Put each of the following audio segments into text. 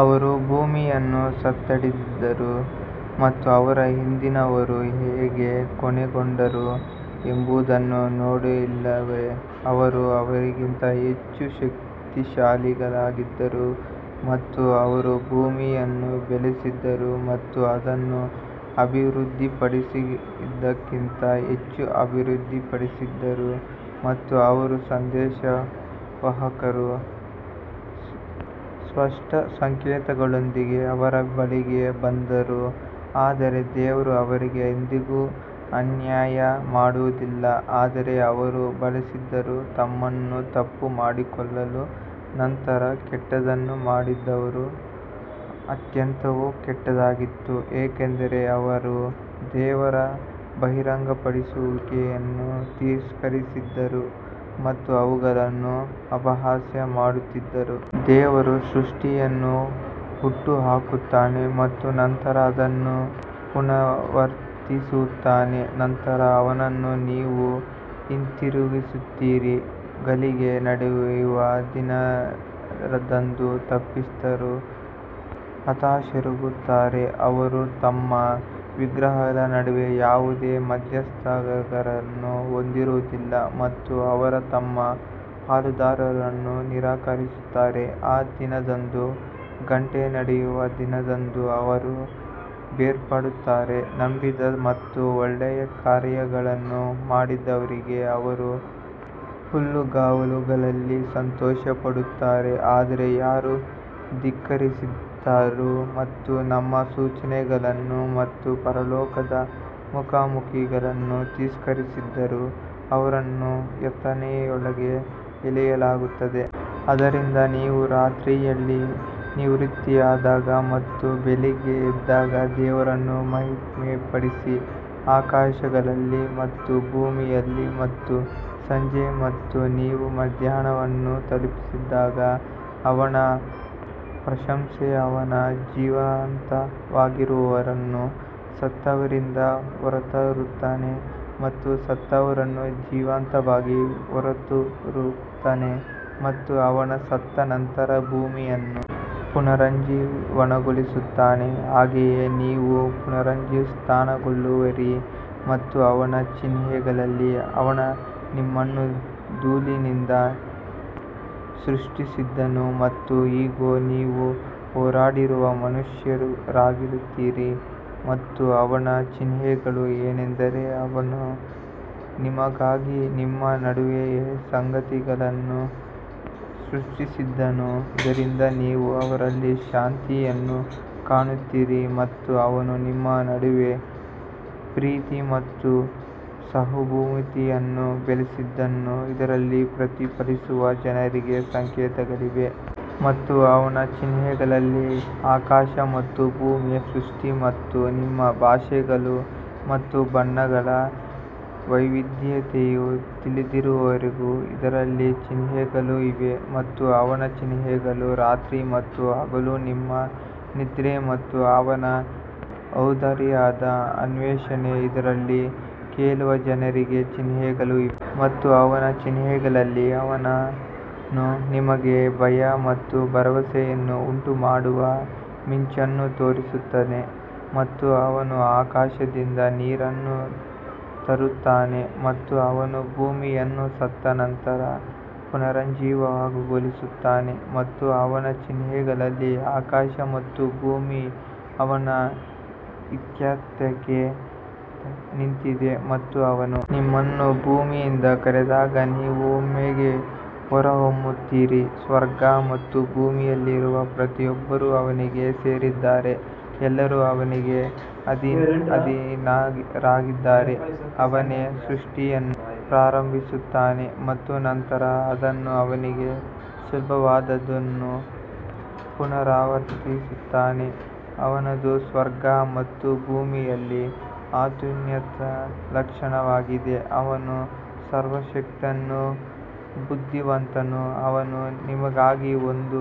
ಅವರು ಭೂಮಿಯನ್ನು ಸುತ್ತಾಡಿದರು ಮತ್ತು ಅವರ ಹಿಂದಿನವರು ಹೇಗೆ ಕೊನೆಗೊಂಡರು ಎಂಬುದನ್ನು ನೋಡಿಲ್ಲವೇ ಅವರು ಅವರಿಗಿಂತ ಹೆಚ್ಚು ಶಕ್ತಿಶಾಲಿಗಳಾಗಿದ್ದರು ಮತ್ತು ಅವರು ಭೂಮಿಯನ್ನು ಬೆಳೆಸಿದರು ಮತ್ತು ಅದನ್ನು ಅಭಿವೃದ್ಧಿಪಡಿಸಿದಕ್ಕಿಂತ ಹೆಚ್ಚು ಅಭಿವೃದ್ಧಿಪಡಿಸಿದರು ಮತ್ತು ಅವರ ಸಂದೇಶವಾಹಕರು ಸ್ಪಷ್ಟ ಸಂಕೇತಗಳೊಂದಿಗೆ ಅವರ ಬಳಿಗೆ ಬಂದರು ಆದರೆ ದೇವರು ಅವರಿಗೆ ಎಂದಿಗೂ ಅನ್ಯಾಯ ಮಾಡುವುದಿಲ್ಲ ಆದರೆ ಅವರು ಬಳಸಿದರು ತಮ್ಮನ್ನು ತಪ್ಪು ಮಾಡಿಕೊಳ್ಳಲು ನಂತರ ಕೆಟ್ಟದ್ದನ್ನು ಮಾಡಿದವರ ಅಂತ್ಯವು ಕೆಟ್ಟದ್ದಾಗಿತ್ತು, ಏಕೆಂದರೆ ಅವರು ದೇವರ ಬಹಿರಂಗಪಡಿಸುವಿಕೆಯನ್ನು ತಿರಸ್ಕರಿಸಿದರು ಮತ್ತು ಅವುಗಳನ್ನು ಅಪಹಾಸ್ಯ ಮಾಡುತ್ತಿದ್ದರು. ದೇವರು ಸೃಷ್ಟಿಯನ್ನು ಹುಟ್ಟುಹಾಕುತ್ತಾನೆ ಮತ್ತು ನಂತರ ಅದನ್ನು ಪುನರಾವರ್ತಿಸುತ್ತಾನೆ ನಂತರ ಅವನನ್ನು ನೀವು ಹಿಂತಿರುಗಿಸುತ್ತೀರಿ ಘಳಿಗೆ ನಡೆಯುವ ದಿನದಂದು ತಪ್ಪಿತಸ್ಥರು ಹತಾಶರಾಗುತ್ತಾರೆ ಅವರು ತಮ್ಮ ವಿಗ್ರಹಗಳ ನಡುವೆ ಯಾವುದೇ ಮಧ್ಯಸ್ಥಗಾರರನ್ನು ಹೊಂದಿರುವುದಿಲ್ಲ ಮತ್ತು ಅವರು ತಮ್ಮ ಪಾಲುದಾರರನ್ನು ನಿರಾಕರಿಸುತ್ತಾರೆ ಆ ದಿನದಂದು ಗಂಟೆ ನಡೆಯುವ ದಿನದಂದು ಅವರು ಬೇರ್ಪಡುತ್ತಾರೆ ನಂಬಿದ ಮತ್ತು ಒಳ್ಳೆಯ ಕಾರ್ಯಗಳನ್ನು ಮಾಡಿದವರಿಗೆ ಅವರು ಹುಲ್ಲುಗಾವಲುಗಳಲ್ಲಿ ಸಂತೋಷಪಡುತ್ತಾರೆ ಆದರೆ ಯಾರು ಧಿಕ್ಕರಿಸಿದರು ಮತ್ತು ನಮ್ಮ ಸೂಚನೆಗಳನ್ನು ಮತ್ತು ಪರಲೋಕದ ಮುಖಾಮುಖಿಗಳನ್ನು ತಿರಸ್ಕರಿಸಿದರು, ಅವರನ್ನು ಯಾತನೆಯೊಳಗೆ ಎಳೆಯಲಾಗುತ್ತದೆ. ಆದ್ದರಿಂದ ನೀವು ರಾತ್ರಿಯಲ್ಲಿ ನಿವೃತ್ತಿಯಾದಾಗ ಮತ್ತು ಬೆಳಿಗ್ಗೆ ಎದ್ದಾಗ ದೇವರನ್ನು ಮಹಿಮೆಪಡಿಸಿ ಆಕಾಶಗಳಲ್ಲಿ ಮತ್ತು ಭೂಮಿಯಲ್ಲಿ ಮತ್ತು ಸಂಜೆ ಮತ್ತು ನೀವು ಮಧ್ಯಾಹ್ನವನ್ನು ತಲುಪಿದಾಗ ಅವನ ಪ್ರಶಂಸೆ ಅವನು ಜೀವಂತವಾಗಿರುವವರನ್ನು ಸತ್ತವರಿಂದ ಹೊರತರುತ್ತಾನೆ ಮತ್ತು ಸತ್ತವರನ್ನು ಜೀವಂತವಾಗಿ ಹೊರತರುತ್ತಾನೆ ಮತ್ತು ಅವನು ಸತ್ತ ನಂತರ ಭೂಮಿಯನ್ನು ಪುನರುಜ್ಜೀವನಗೊಳಿಸುತ್ತಾನೆ ಹಾಗೆಯೇ ನೀವು ಪುನರುತ್ಥಾನಗೊಳ್ಳುವಿರಿ ಮತ್ತು ಅವನ ಚಿಹ್ನೆಗಳಲ್ಲಿ ಅವನು ನಿಮ್ಮನ್ನು ಧೂಳಿನಿಂದ ಸೃಷ್ಟಿಸಿದನು ಮತ್ತು ಇಗೋ, ನೀವು ಹರಡಿರುವ ಮನುಷ್ಯರಾಗುತ್ತೀರಿ ಮತ್ತು ಅವನ ಚಿಹ್ನೆಗಳು ಏನೆಂದರೆ, ಅವನು ನಿಮಗಾಗಿ ನಿಮ್ಮ ನಡುವೆಯೇ ಸಂಗಾತಿಗಳನ್ನು ಸೃಷ್ಟಿಸಿದನು, ಇದರಿಂದ ನೀವು ಅವರಲ್ಲಿ ಶಾಂತಿಯನ್ನು ಕಾಣುತ್ತೀರಿ ಮತ್ತು ಅವನು ನಿಮ್ಮ ನಡುವೆ ಪ್ರೀತಿ ಮತ್ತು ಸಹಾನುಭೂತಿಯನ್ನು ಬೆಳೆಸಿದನು, ಇದರಲ್ಲಿ ಪ್ರತಿಫಲಿಸುವ ಜನರಿಗೆ ಸಂಕೇತಗಳಿವೆ. ಮತ್ತು ಅವನ ಚಿಹ್ನೆಗಳಲ್ಲಿ ಆಕಾಶ ಮತ್ತು ಭೂಮಿಯ ಸೃಷ್ಟಿ ಮತ್ತು ನಿಮ್ಮ ಭಾಷೆಗಳು ಮತ್ತು ಬಣ್ಣಗಳ ವೈವಿಧ್ಯತೆಯು ತಿಳಿದಿರುವವರಿಗೆ ಇದರಲ್ಲಿ ಚಿಹ್ನೆಗಳು ಇವೆ. ಮತ್ತು ಅವನ ಚಿಹ್ನೆಗಳು ರಾತ್ರಿ ಮತ್ತು ಹಗಲು ನಿಮ್ಮ ನಿದ್ರೆ ಮತ್ತು ಅವನ ಔದಾರ್ಯದ ಅನ್ವೇಷಣೆ ಇದರಲ್ಲಿ ಕೇಳುವ ಜನರಿಗೆ ಚಿಹ್ನೆಗಳು ಇವೆ. ಮತ್ತು ಅವನ ಚಿಹ್ನೆಗಳಲ್ಲಿ ಅವನು ನಿಮಗೆ ಭಯ ಮತ್ತು ಭರವಸೆಯನ್ನು ಉಂಟುಮಾಡುವ ಮಿಂಚನ್ನು ತೋರಿಸುತ್ತಾನೆ ಮತ್ತು ಅವನು ಆಕಾಶದಿಂದ ನೀರನ್ನು ತರುತ್ತಾನೆ ಮತ್ತು ಅವನು ಭೂಮಿಯನ್ನು ಸತ್ತ ನಂತರ ಪುನರುಜ್ಜೀವನಗೊಳಿಸುತ್ತಾನೆ. ಮತ್ತು ಅವನ ಚಿಹ್ನೆಗಳಲ್ಲಿ ಆಕಾಶ ಮತ್ತು ಭೂಮಿ ಅವನ ಇತ್ಯರ್ಥಕ್ಕೆ ನಿಂತಿದೆ ಮತ್ತು ಅವನು ನಿಮ್ಮನ್ನು ಭೂಮಿಯಿಂದ ಕರೆದಾಗ ನೀವು ಒಮ್ಮೆಗೇ ಹೊರಹೊಮ್ಮುತ್ತೀರಿ ಸ್ವರ್ಗ ಮತ್ತು ಭೂಮಿಯಲ್ಲಿರುವ ಪ್ರತಿಯೊಬ್ಬರೂ ಅವನಿಗೇ ಸೇರಿದ್ದಾರೆ ಎಲ್ಲರೂ ಅವನಿಗೆ ಅಧೀನರಾಗಿದ್ದಾರೆ ಅವನೇ ಸೃಷ್ಟಿಯನ್ನು ಪ್ರಾರಂಭಿಸುತ್ತಾನೆ ಮತ್ತು ನಂತರ ಅದನ್ನು ಅವನಿಗೆ ಸುಲಭವಾದದ್ದನ್ನು ಪುನರಾವರ್ತಿಸುತ್ತಾನೆ ಅವನದು ಸ್ವರ್ಗ ಮತ್ತು ಭೂಮಿಯಲ್ಲಿ ಅತ್ಯುನ್ನತ ಲಕ್ಷಣವಾಗಿದೆ ಅವನು ಸರ್ವಶಕ್ತನು ಬುದ್ಧಿವಂತನು ಅವನು ನಿಮಗಾಗಿ ಒಂದು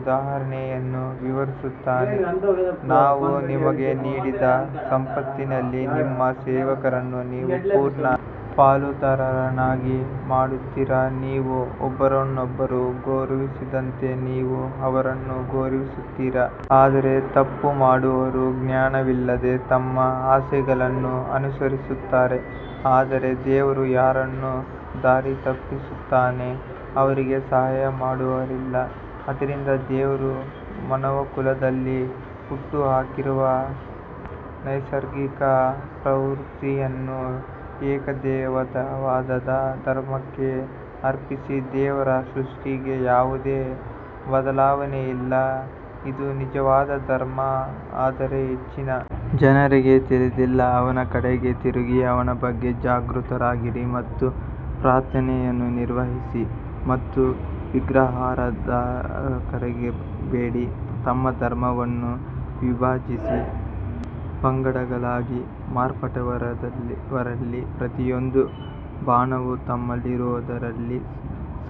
ಉದಾಹರಣೆಯನ್ನು ವಿವರಿಸುತ್ತಾನೆ, ನಾವು ನಿಮಗೆ ನೀಡಿದ ಸಂಪತ್ತಿನಲ್ಲಿ ನಿಮ್ಮ ಸೇವಕರನ್ನು ನೀವು ಪೂರ್ಣ ಪಾಲುದಾರರನ್ನಾಗಿ ಮಾಡುತ್ತೀರಾ, ನೀವು ಒಬ್ಬರನ್ನೊಬ್ಬರು ಗೌರವಿಸಿದಂತೆ ನೀವು ಅವರನ್ನು ಗೌರವಿಸುತ್ತೀರಾ? ಆದರೆ ತಪ್ಪು ಮಾಡುವವರು ಜ್ಞಾನವಿಲ್ಲದೆ ತಮ್ಮ ಆಸೆಗಳನ್ನು ಅನುಸರಿಸುತ್ತಾರೆ ಆದರೆ ದೇವರು ಯಾರನ್ನು ದಾರಿತಪ್ಪಿಸುತ್ತಾನೆ, ಅವರಿಗೆ ಸಹಾಯ ಮಾಡುವವರಿಲ್ಲ ಆದ್ದರಿಂದ ದೇವರು ಮಾನವಕುಲದಲ್ಲಿ ಹುಟ್ಟುಹಾಕಿರುವ ನೈಸರ್ಗಿಕ ಪ್ರವೃತ್ತಿಯನ್ನು ಏಕದೇವತಾವಾದದ ಧರ್ಮಕ್ಕೆ ಅರ್ಪಿಸಿ, ದೇವರ ಸೃಷ್ಟಿಗೆ ಯಾವುದೇ ಬದಲಾವಣೆ ಇಲ್ಲ ಇದು ನಿಜವಾದ ಧರ್ಮ ಆದರೆ ಹೆಚ್ಚಿನ ಜನರಿಗೆ ತಿಳಿದಿಲ್ಲ ಅವನ ಕಡೆಗೆ ತಿರುಗಿ ಅವನ ಬಗ್ಗೆ ಜಾಗೃತರಾಗಿರಿ ಮತ್ತು ಪ್ರಾರ್ಥನೆಯನ್ನು ನಿರ್ವಹಿಸಿ ಮತ್ತು ವಿಗ್ರಹಾರಾಧಕರಾಗಿರಬೇಡಿ ತಮ್ಮ ಧರ್ಮವನ್ನು ವಿಭಜಿಸಿ ಪಂಗಡಗಳಾಗಿ ಮಾರ್ಪಟ್ಟವರಲ್ಲಿ ಪ್ರತಿಯೊಂದು ಬಣವೂ ತಮ್ಮಲ್ಲಿರುವದರಲ್ಲಿ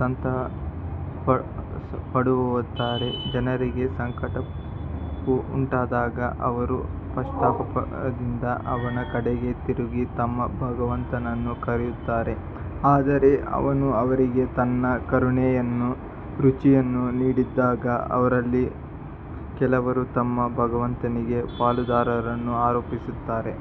ಸಂತಸಪಡುತ್ತಾರೆ ಜನರಿಗೆ ಸಂಕಟವುಂಟಾದಾಗ ಅವರು ಪಶ್ಚಾತ್ತಾಪದಿಂದ ಅವನ ಕಡೆಗೆ ತಿರುಗಿ ತಮ್ಮ ಭಗವಂತನನ್ನು ಕರೆಯುತ್ತಾರೆ ಆದರೆ ಅವನು ಅವರಿಗೆ ತನ್ನ ಕರುಣೆಯ ರುಚಿಯನ್ನು ನೀಡಿದಾಗ ಅವರಲ್ಲಿ ಕೆಲವರು ತಮ್ಮ ಭಗವಂತನಿಗೆ ಪಾಲುದಾರರನ್ನು ಆರೋಪಿಸುತ್ತಾರೆ.